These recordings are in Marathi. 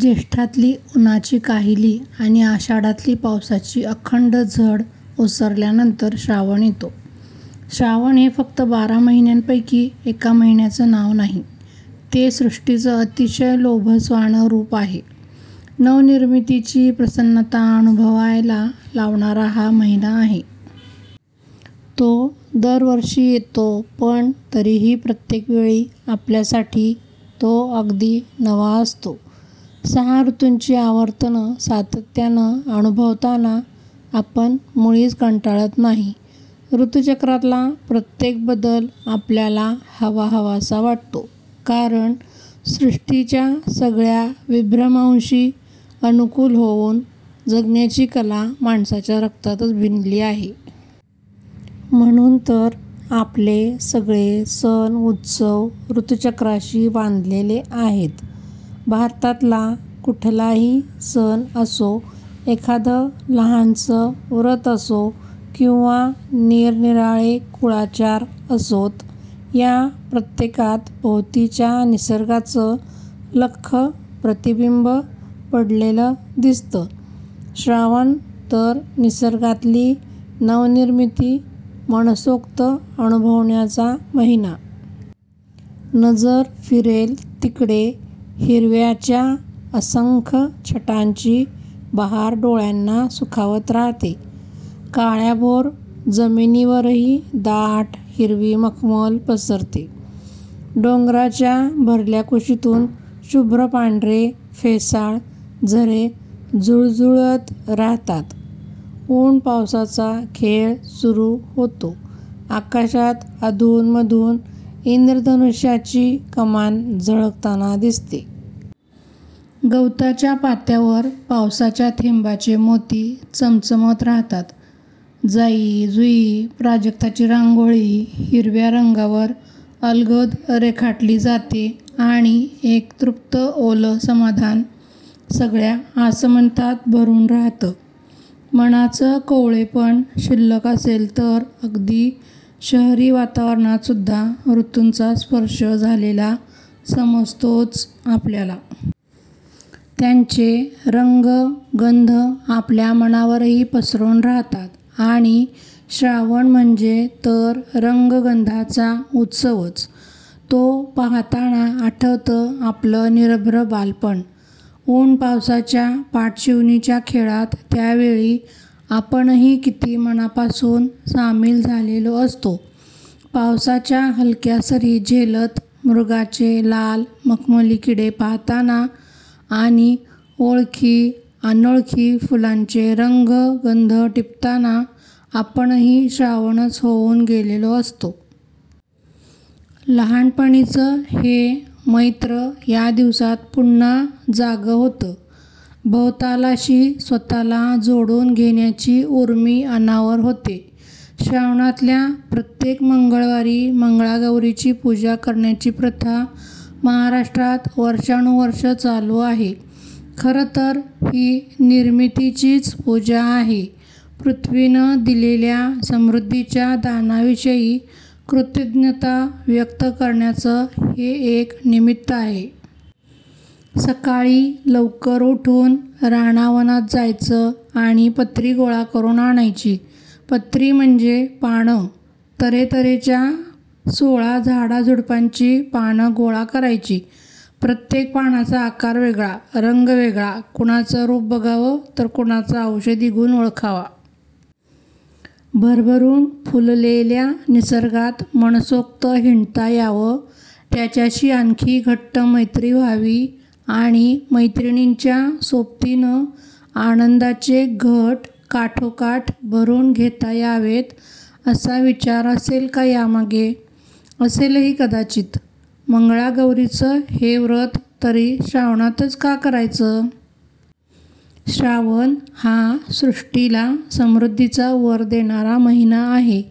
ज्येष्ठातली उन्हाची काहिली आणि आषाढातली पावसाची अखंड झड ओसरल्यानंतर श्रावण येतो. श्रावण हे फक्त बारा महिन्यांपैकी एका महिन्याचं नाव नाही. ते सृष्टीचं अतिशय लोभसवाणं रूप आहे. नवनिर्मितीची प्रसन्नता अनुभवायला लावणारा हा महिना आहे. तो दरवर्षी येतो पण तरीही प्रत्येक वेळी आपल्यासाठी तो अगदी नवा असतो. सहा ऋतूंची आवर्तनं सातत्यानं अनुभवताना आपण मुळीच कंटाळत नाही. ऋतुचक्रातला प्रत्येक बदल आपल्याला हवाहवासा वाटतो. कारण सृष्टीच्या सगळ्या विभ्रमांशी अनुकूल होऊन जगण्याची कला माणसाच्या रक्तातच भिनली आहे. म्हणून तर आपले सगळे सण-उत्सव ऋतुचक्राशी बांधलेले आहेत. भारतातला कुठलाही सण असो, एखादं लहानसं व्रत असो किंवा निरनिराळे कुळाचार असोत, या प्रत्येकात भोवतीच्या निसर्गाचं लख्ख प्रतिबिंब पडलेलं दिसतं. श्रावण तर निसर्गातली नवनिर्मिती मनसोक्त अनुभवण्याचा महिना. नजर फिरेल तिकडे हिरव्याच्या असंख्य छटांची बहार डोळ्यांना सुखावत राहते. काळ्याभोर जमिनीवरही दाट, हिरवी मखमल पसरते. डोंगराच्या भरल्या कुशीतून शुभ्र पांढरे, फेसाळ झरे झुळझुळत राहतात. ऊन-पावसाचा खेळ सुरू होतो. आकाशात अधून-मधून इंद्रधनुष्याची कमान झळकताना दिसते. गवताच्या पात्यांवर पावसाच्या थेंबांचे मोती चमचमत राहतात. जाई-जुई, प्राजक्ताची रांगोळी हिरव्या रंगावर अलगद रेखाटली जाते आणि एक तृप्त ओलं समाधान सगळ्या आसमंतात भरून राहतं. मनाचं कोवळेपण शिल्लक असेल तर अगदी शहरी वातावरणात सुद्धा ऋतूंचा स्पर्श झालेला समजतोच आपल्याला. त्यांचे रंग-गंध आपल्या मनावरही पसरून राहतात. आणि श्रावण म्हणजे तर रंग-गंधांचा उत्सवच! तो पाहताना आठवतं आपलं निरभ्र बालपण. ऊन-पावसाच्या पाठशिवणीच्या खेळात त्यावेळी आपणही किती मनापासून सामील झालेलो असतो! पावसाच्या हलक्या सरी झेलत मृगाचे लाल मखमली किडे पाहताना आणि ओळखी-अनोळखी फुलांचे रंग-गंध टिपताना आपणही श्रावणच होऊन गेलेलो असतो! लहानपणीचं हे मैत्र या दिवसांत पुन्हा जागं होतं. भवतालाशी स्वतःला जोडून घेण्याची ऊर्मी अनावर होते. श्रावणातल्या प्रत्येक मंगळवारी मंगळागौरीची पूजा करण्याची प्रथा महाराष्ट्रात वर्षानुवर्षं चालू आहे. खरं तर ही निर्मितीचीच पूजा आहे. पृथ्वीनं दिलेल्या समृद्धीच्या दानाविषयी कृतज्ञता व्यक्त करण्याचं हे एक निमित्त आहे. सकाळी लवकर उठून रानावनात जायचं आणि पत्री गोळा करून आणायची. पत्री म्हणजे पानं. तऱ्हेतऱ्हेच्या सोळा झाडाझुडपांची पानं गोळा करायची. प्रत्येक पानाचा आकार वेगळा, रंग वेगळा. कुणाचं रूप बघावं तर कुणाचा औषधी गुण ओळखावा. भरभरून फुललेल्या निसर्गात मनसोक्त हिंडता यावं, त्याच्याशी आणखी घट्ट मैत्री व्हावी आणि मैत्रिणींच्या सोबतीनं आनंदाचे घट काठोकाठ भरून घेता यावेत, असा विचार असेल का यामागे? असेलही कदाचित. मंगळागौरीचं हे व्रत तरी श्रावणातच का करायचं? श्रावण हा सृष्टीला समृद्धीचा वर देणारा महिना आहे.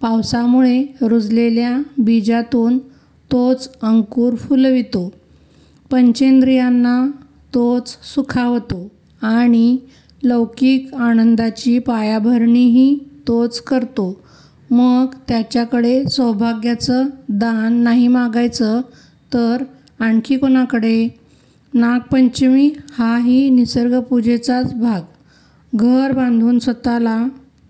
पावसामुळे रुजलेल्या बीजातून तोच अंकुर फुलवितो. पंचेंद्रियांना तोच सुखावतो आणि लौकिक आनंदाची पायाभरणीही तोच करतो. मग त्याच्याकडे सौभाग्याचं दान नाही मागायचं तर आणखी कुणाकडे? नागपंचमी हाही निसर्गपूजेचाच भाग. घर बांधून स्वतःला